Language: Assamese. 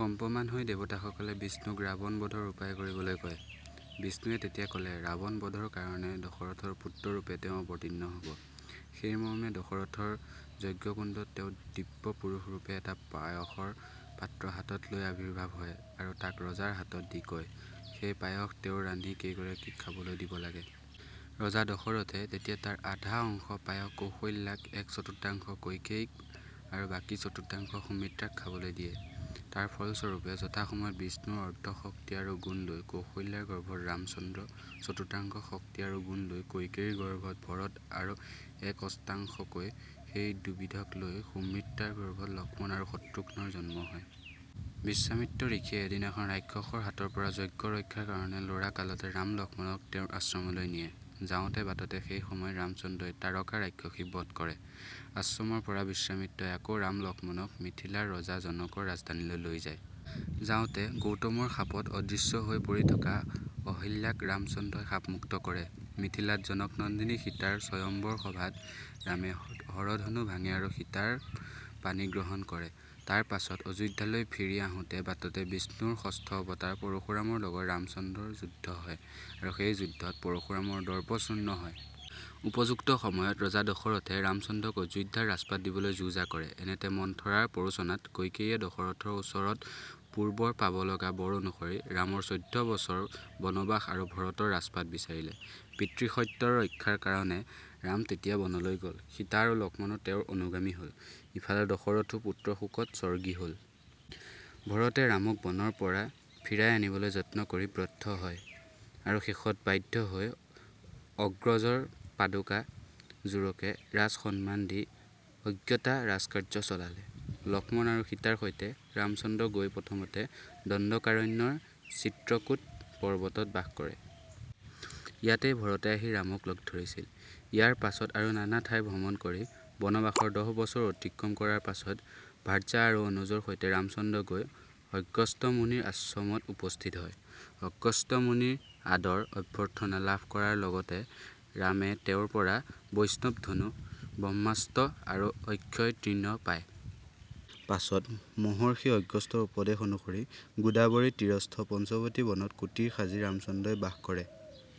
কম্পমান হৈ দেৱতাসকলে বিষ্ণুক ৰাৱণ বধৰ উপায় কৰিবলৈ কয়। বিষ্ণুৱে, তেতিয়া ক'লে ৰাৱণ বধৰ কাৰণে দশৰথৰ পুত্ৰৰূপে তেওঁ অৱতীৰ্ণ হ'ব। সেই মৰ্মে দশৰথৰ যজ্ঞকুণ্ডত তেওঁ দিব্য পুৰুষৰূপে এটা পায়সৰ পাত্ৰ হাতত লৈ আবিৰ্ভাৱ হয় আৰু তাক ৰজাৰ হাতত দি কয় – সেই পায়স তেওঁৰ ৰাণী কেইগৰাকীক খাবলৈ দিব লাগে। ৰজা দশৰথে তেতিয়া তাৰ আধা অংশ পায়স কৌশল্যাক, এক চতুৰ্থাংশ কৈকেয়ীক আৰু বাকী চতুৰ্থাংশ সুমিত্ৰাক খাবলৈ দিয়ে। তাৰ ফল স্বৰূপে যথাসময়ত বিষ্ণুৰ অৰ্ধ শক্তি আৰু গুণ লৈ কৌশল্যাৰ গৰ্ভত ৰামচন্দ্ৰ, চতুৰ্থাংশ শক্তি আৰু গুণ লৈ কৈকেয়ীৰ গৰ্ভত ভৰত আৰু এক অষ্টাংশকৈ সেই দুবিধক লৈ সুমিত্ৰাৰ গৰ্ভত লক্ষ্মণ আৰু শত্ৰুঘ্নৰ জন্ম হয়। বিশ্বামিত্ৰ ঋষিয়ে এদিনাখন ৰাক্ষকৰ হাতৰপৰা যজ্ঞ ৰক্ষাৰ কাৰণে ল'ৰা কালতে ৰাম-লক্ষ্মণক তেওঁৰ আশ্ৰমলৈ নিয়ে। যাওঁতে বাটতে সেই সময়ত ৰামচন্দ্ৰই তাড়কা ৰাক্ষসীক বধ কৰে। আশ্ৰমৰ পৰা বিশ্বামিত্ৰই আকৌ ৰাম, লক্ষ্মণক মিথিলাৰ ৰজা জনকৰ ৰাজধানীলৈ লৈ যায়। যাওঁতে গৌতমৰ শাপত অদৃশ্য হৈ পৰি থকা অহল্যাক ৰামচন্দ্ৰই শাপমুক্ত কৰে। মিথিলাত জনকনন্দিনী সীতাৰ স্বয়ম্বৰ সভাত ৰামে হৰধনু ভাঙে আৰু সীতাৰ পাণিগ্ৰহণ কৰে। তাৰ পাছত, অযােধ্যালৈ ফিৰি আহােতে বাটতে বিষ্ণুৰ ষষ্ঠ অৱতাৰ পৰশুৰামৰ লগত ৰামচন্দ্ৰৰ যুদ্ধ হয় আৰু সেই যুদ্ধত পৰশুৰামৰ দৰ্প চূৰ্ণ হয়। উপযুক্ত সময়ত ৰজা দশৰথে ৰামচন্দ্ৰক অযােধ্যাৰ ৰাজপাট দিবলৈ যাে-জা কৰে। এনেতে মন্থৰাৰ প্ৰৰােচনাত কৈকেয়ীয়ে দশৰথৰ ওচৰত পূৰ্বৰ পাব লগা বৰ অনুসৰি ৰামৰ চৈধ্য বছৰ বনবাস আৰু ভৰতৰ ৰাজপাট বিচাৰিলে। পিতৃসত্য ৰক্ষাৰ কাৰণে ৰাম তেতিয়া বনলৈ গ'ল, সীতা আৰু লক্ষ্মণাে তেওঁৰ অনুগামী হ'ল, ইফালে দশৰথো পুত্ৰ শােকত স্বৰ্গী হ'ল। ভৰতে ৰামক বনৰ পৰা ফিৰাই আনিবলৈ যত্ন কৰি ব্যৰ্থ হয়, আৰু শেষত বাধ্য হৈ অগ্ৰজৰ পাদুকা যােৰকে ৰাজ সন্মান দি অগত্যা ৰাজকাৰ্য চলালে। লক্ষ্মণ আৰু সীতাৰ সৈতে ৰামচন্দ্ৰ গৈ প্ৰথমতে দণ্ডকাৰণ্যৰ চিত্ৰকূট পৰ্ব্বতত বাস কৰে। ইয়াতেই ভৰতে আহি ৰামক লগ ধৰিছিল। ইয়াৰ পাছত আৰু নানা ঠাই ভ্ৰমণ কৰি বনবাসৰ দহবছৰ অতিক্ৰম কৰাৰ পাছত ভাৰ্যা আৰু অনুজৰ সৈতে ৰামচন্দ্ৰ গৈ অগস্ত্য মুনিৰ আশ্ৰমত উপস্থিত হয়। অগস্ত্য মুনিৰ আদৰ — অভ্যৰ্থনা লাভ কৰাৰ লগতে ৰামে তেওঁৰ পৰা বৈষ্ণৱ ধনু, ব্ৰহ্মাস্ত্ৰ আৰু অক্ষয় তৃণ পায়। পাছত মহৰ্ষি অগস্ত্যৰ উপদেশ অনুসৰি গােদাবৰী তীৰস্থ পঞ্চৱতী বনত কুটীৰ সাজি ৰামচন্দ্ৰই বাস কৰে।